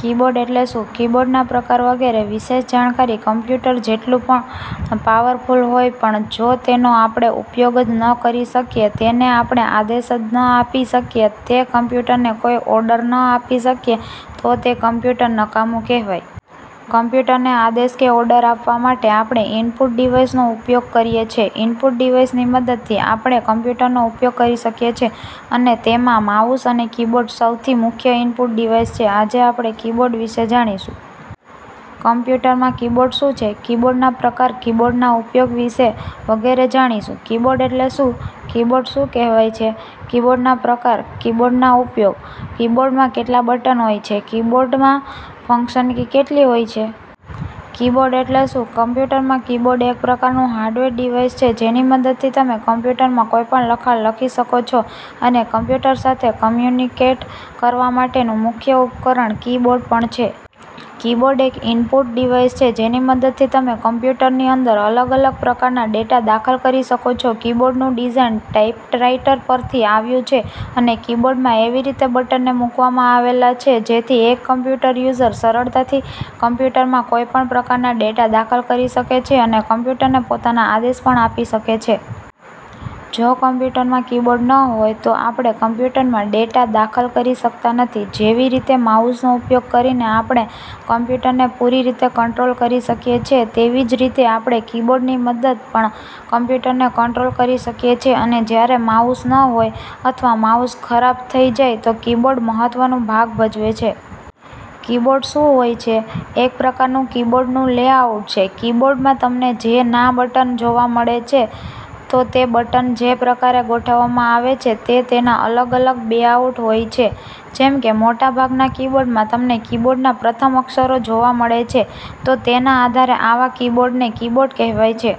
Keyboard એટલે શું? કીબોર્ડના પ્રકાર વગેરે વિશે જાણકારી કમ્પ્યુટર જેટલું પણ પાવરફુલ હોય પણ જો તેનો આપણે ઉપયોગ જ ન કરી શકીએ, તેને આપણે આદેશ જ ન આપી શકીએ, તે કમ્પ્યુટરને કોઈ ઓર્ડર ન આપી શકીએ તો તે કમ્પ્યુટર નકામું કહેવાય. કમ્પ્યુટરને આદેશ કે ઓર્ડર આપવા માટે આપણે ઈનપુટ ડિવાઇસનો ઉપયોગ કરીએ છે. ઈનપુટ ડિવાઇસની મદદથી આપણે કમ્પ્યુટરનો ઉપયોગ કરી શકીએ છે અને તેમાં માઉસ અને કીબોર્ડ સૌથી મુખ્ય ઈનપુટ ડિવાઇસ છે. આજે આપણે કીબોર્ડ વિશે જાણીશું. કમ્પ્યુટરમાં કીબોર્ડ શું છે? કીબોર્ડના પ્રકાર, કીબોર્ડના ઉપયોગ વિશે વગેરે જાણીશું. કીબોર્ડ એટલે શું? –? કીબોર્ડ શું હોય છે? –? કીબોર્ડના પ્રકાર – કીબોર્ડના ઉપયોગ – કીબોર્ડમાં કેટલા બટન હોય છે? –? કીબોર્ડમાં ફંક્શન કી કેટલી હોય છે? –? કીબોર્ડ એટલે શું? –? કમ્પ્યુટરમાં કીબોર્ડ એક પ્રકારનું હાર્ડવેર ડિવાઇસ છે જેની મદદથી તમે કમ્પ્યુટરમાં કોઈ પણ લખાણ લખી શકો છો અને કમ્પ્યુટર સાથે કમ્યુનિકેટ કરવા માટેનું મુખ્ય ઉપકરણ કી-બોર્ડ પણ છે. કીબોર્ડ એક ઈનપુટ ડિવાઇસ છે જેની મદદથી તમે કમ્પ્યુટરની અંદર અલગ અલગ પ્રકારના ડેટા દાખલ કરી શકો છો. કીબોર્ડનું ડિઝાઇન ટાઈપરાઈટર પરથી આવ્યું છે અને કીબોર્ડમાં એવી રીતે બટનને મૂકવામાં આવેલા છે જેથી એક કમ્પ્યૂટર યુઝર સરળતાથી કમ્પ્યુટરમાં કોઈપણ પ્રકારના ડેટા દાખલ કરી શકે છે અને કમ્પ્યુટરને પોતાના આદેશ પણ આપી શકે છે. જો કમ્પ્યુટરમાં કીબોર્ડ ન હોય તો આપણે કમ્પ્યૂટરમાં ડેટા દાખલ કરી શકતા નથી. જેવી રીતે માઉસનો ઉપયોગ કરીને આપણે કમ્પ્યૂટરને પૂરી રીતે કંટ્રોલ કરી શકીએ છે તેવી જ રીતે આપણે કીબોર્ડની મદદ પણ કમ્પ્યુટરને કંટ્રોલ કરી શકીએ છે અને જ્યારે માઉસ ન હોય અથવા માઉસ ખરાબ થઈ જાય તો કીબોર્ડ મહત્વનું ભાગ ભજવે છે. કીબોર્ડ શું હોય છે? –? એક પ્રકારનું કીબોર્ડનું લેઆઉટ છે. કીબોર્ડમાં તમને જે ના બટન જોવા મળે છે તો તે બટન જે પ્રકારે ગોઠવવામાં આવે છે તે તેના અલગ-અલગ લેઆઉટ હોય છે. જેમ કે મોટા ભાગના કીબોર્ડમાં તમને કીબોર્ડના પ્રથમ અક્ષરો જોવા મળે છે તો તેના આધારે આવા કીબોર્ડને કીબોર્ડ કહેવાય છે.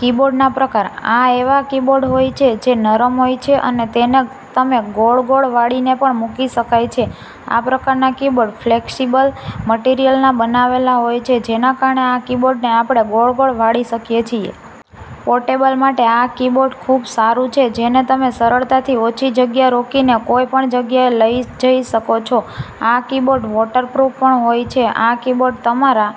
કીબોર્ડના પ્રકાર – આ એવા કીબોર્ડ હોય છે જે નરમ હોય છે અને તેને તમે ગોળ-ગોળ વાળીને પણ મૂકી શકાય છે. આ પ્રકારના કીબોર્ડ ફ્લેક્સિબલ મટિરિયલના બનાવેલા હોય છે જેના કારણે આ કીબોર્ડને આપણે ગોળ-ગોળ વાળી શકીએ છીએ. પોર્ટેબલ માટે આ કીબોર્ડ ખૂબ સારું છે જેને તમે સરળતાથી ઓછી જગ્યા રોકીને કોઈ પણ જગ્યાએ લઈ જઈ શકો છો. આ કીબોર્ડ વોટરપ્રૂફ પણ હોય શકે છે. આ કીબોર્ડ તમારા